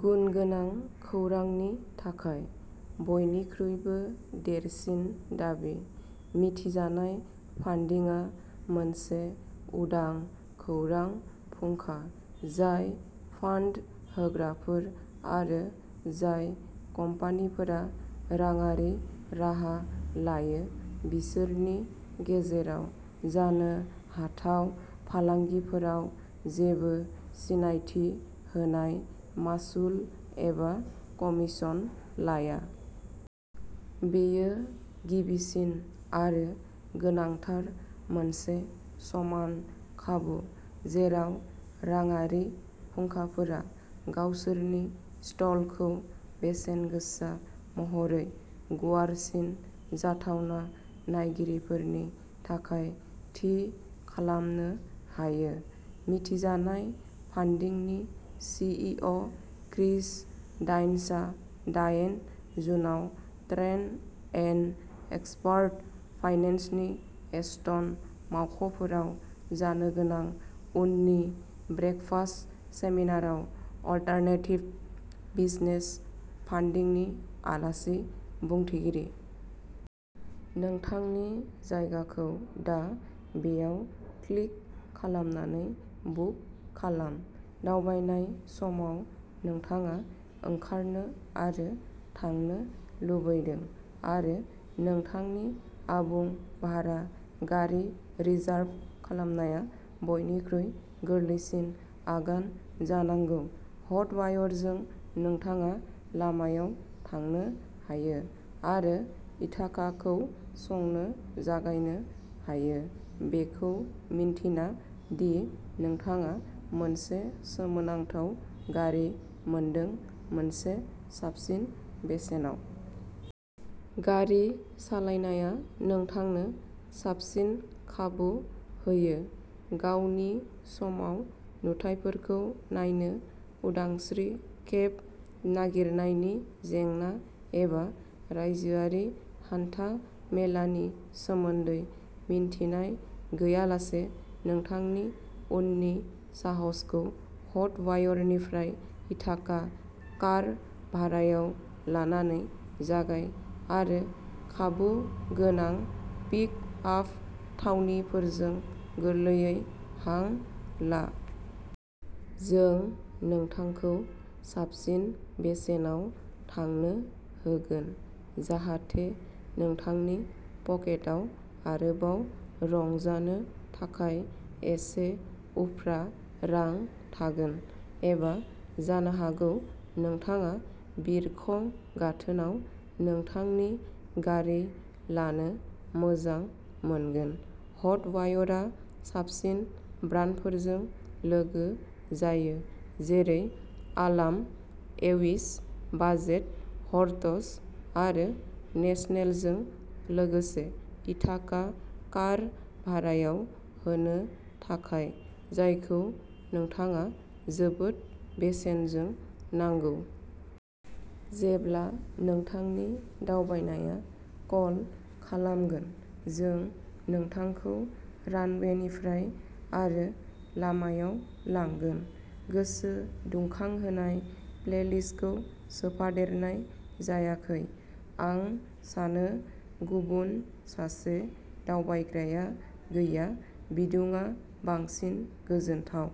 गुनगोनां खौरांनि थाखाय बयनिख्रुइबो देरसिन दाबि। मिथिजानाय फान्डिंआ मोनसे उदां खौरां फुंखा, जाय फान्ड होग्राफोर आरो जाय कम्पानिफोरा राङारि राहा लायो बिसोरनि गेजेराव जानो हाथाव फालांगिफोराव जेबो सिनायथि होनाय मासुल एबा कमिसन लाया। बेयो गिबिसिन आरो गोनांथार मोनसे समान खाबु जेराव राङारि फुंखाफोरा गावसोरनि स्टलखौ बेसेनगोसा महरै गुवारसिन जाथावना नायगिरिफोरनि थाखाय थि खालामनो हायो। मिथिजानाय फान्डिंनि सि. इ. अ. क्रिस डाइन्सआ दाइन जुनआव ट्रेड एन्ड एक्सप'र्ट फाइनेन्सनि एस्टन मावख'फोराव जानो गोनां उननि ब्रेकफास्ट सेमिनारआव अलटारनेटिभ बिजनेस फान्डिंनि आलासि बुंथिगिरि। नोंथांनि जायगाखौ दा बेयाव क्लिक खालामनानै बुक खालाम। दावबायनाय समाव नोंथाङा ओंखारनो आरो थांनो लुबैदों आरो नोंथांनि आबुं भारा गारि रिजार्भ खालामनाया बयनिख्रुइ गोरलैसिन आगान जानांगौ। हटवायरजों नोंथाङा लामायाव थांनो हायो आरो इथाकाखौ संनो जागायनो हायो बेखौ मिन्थिना दि नोंथाङा मोनसे सोमोनांथाव गारि मोनदों मोनसे साबसिन बेसेनाव। गारि सालायनाया नोंथांनो साबसिन खाबु होयो। गावनि समाव नुथायफोरखौ नायनो उदांस्रि केब नागिरनायनि जेंना एबा रायजोआरि हान्था-मेलानि सोमोन्दै मिन्थिनाय गैयालासे नोंथांनि उननि साहसखौ हटवायरनिफ्राय इथाका कार भारायाव लानानै जागाय आरो खाबु गोनां पिक आप थावनिफोरजों गोरलैयै हां ला। जों नोंथांखौ साबसिन बेसेनाव थांनो होगोन। जाहाथे नोंथांनि पकेटाव आरोबाव रंजानो थाखाय एसे उफ्रा रां थागोन। एबा जानो हागौ नोंथाङा बिरखं गाथोनाव नोंथांनि गारि लानो मोजां मोनगोन? हटवायरआ साबसिन ब्रान्डफोरजों लोगो जायो। जेरै आलाम, एविस, बाजेट, हर्टज आरो नेशनलजों लोगोसे इथाका कार भारायाव होनो थाखाय जायखौ नोंथाङा जोबोद बेसेनजों नांगौ। जेब्ला नोंथांनि दावबायनाया कल खालामगोन, जों नोंथांखौ रानवेनिफ्राय आरो लामायाव लांगोन। गोसो दुंखांहोनाय प्लेलिस्टखौ सोफादेरनाय जायाखै। आं सानो गुबुन सासे दावबायग्राया गैया‌ बिदुंआ बांसिन गोजोनथाव।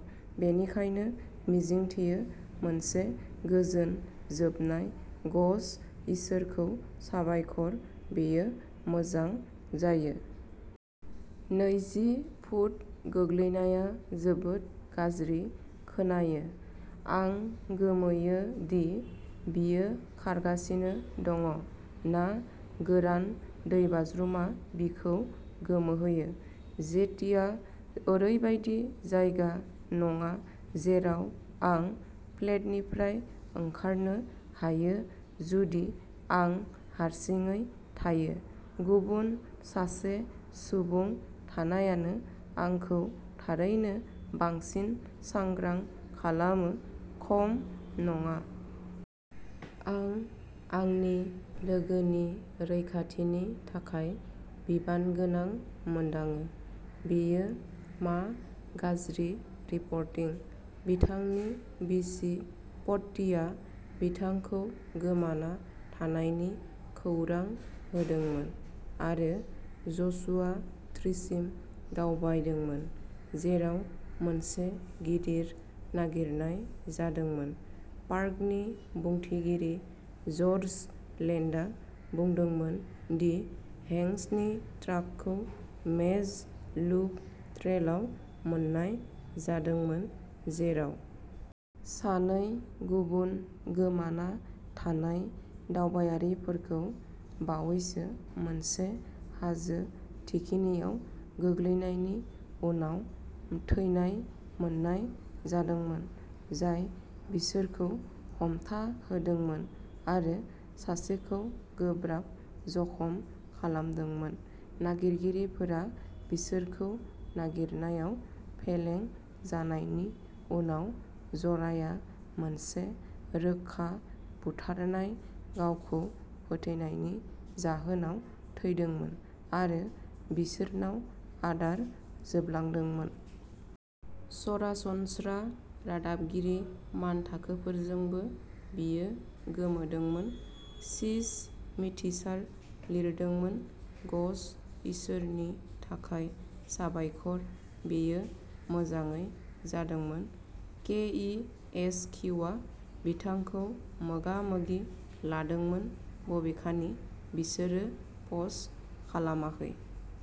बेनिखायनो मिजिंथियो मोनसे गोजोन जोबनाय गश इसोरखौ साबायखर बेयो मोजां जायो। नैजि फुट गोग्लैनाया जोबोद गाज्रि खोनायो। आं गोमोयो दि बियो खारगासिनो दं ना गोरान दैबाज्रुमआ बिखौ गोमोहोयो। जेटिआ ओरैबायदि जायगा नङा जेराव आं फ्लेटनिफ्राय ओंखारनो हायो जुदि आं हारसिङै थायो। गुबुन सासे सुबुं थानायानो आंखौ थारैनो बांसिन सांग्रां खालामो खम नङा। आं आंनि लोगोनि रैखाथिनि थाखाय बिबानगोनां मोनदाङो। बेयो मा गाज्रि रिपर्टिं? बिथांनि बिसि पट्टीआ बिथांखौ गोमाना थानायनि खौरां होदोंमोन आरो जसुवा ट्रिसिम दावबायदोंमोन, जेराव मोनसे गिदिर नागिरनाय जादोंमोन। पार्कनि बुंथिगिरि जर्ज लेन्डआ बुंदोंमोन दि हेंक्सनि ट्राकखौ मेज लुप ट्रेलआव मोननाय जादोंमोन। जेराव सानै गुबुन गोमाना थानाय दावबायारिफोरखौ बावैसो मोनसे हाजो थिखिनियाव गोग्लैनायनि उनाव थैनाय मोननाय जादोंमोन। जाय बिसोरखौ हमथाहोदोंमोन आरो सासेखौ गोब्राब जखम खालामदोंमोन। नागिरगिरिफोरा बिसोरखौ नागिरनायाव फेलें जानायनि उनाव जराया मोनसे रोखा बुथारनाय गावखौ फोथैनायनि जाहोनाव थैदोंमोन आरो बिसोरनाव आदार जोबलांदोंमोन। सरासनस्रा रादाबगिरि मानथाखोफोरजोंबो बियो गोमोदोंमोन। शिश मिथिसार लिरदोंमोन गश इसोरनि थाखाय साबायखर बेयो मोजाङै जादोंमोन। के इ एस किउआ बिथांखौ मोगा-मोगि लादोंमोन बबेखानि बिसोरो पस्ट खालामाखै।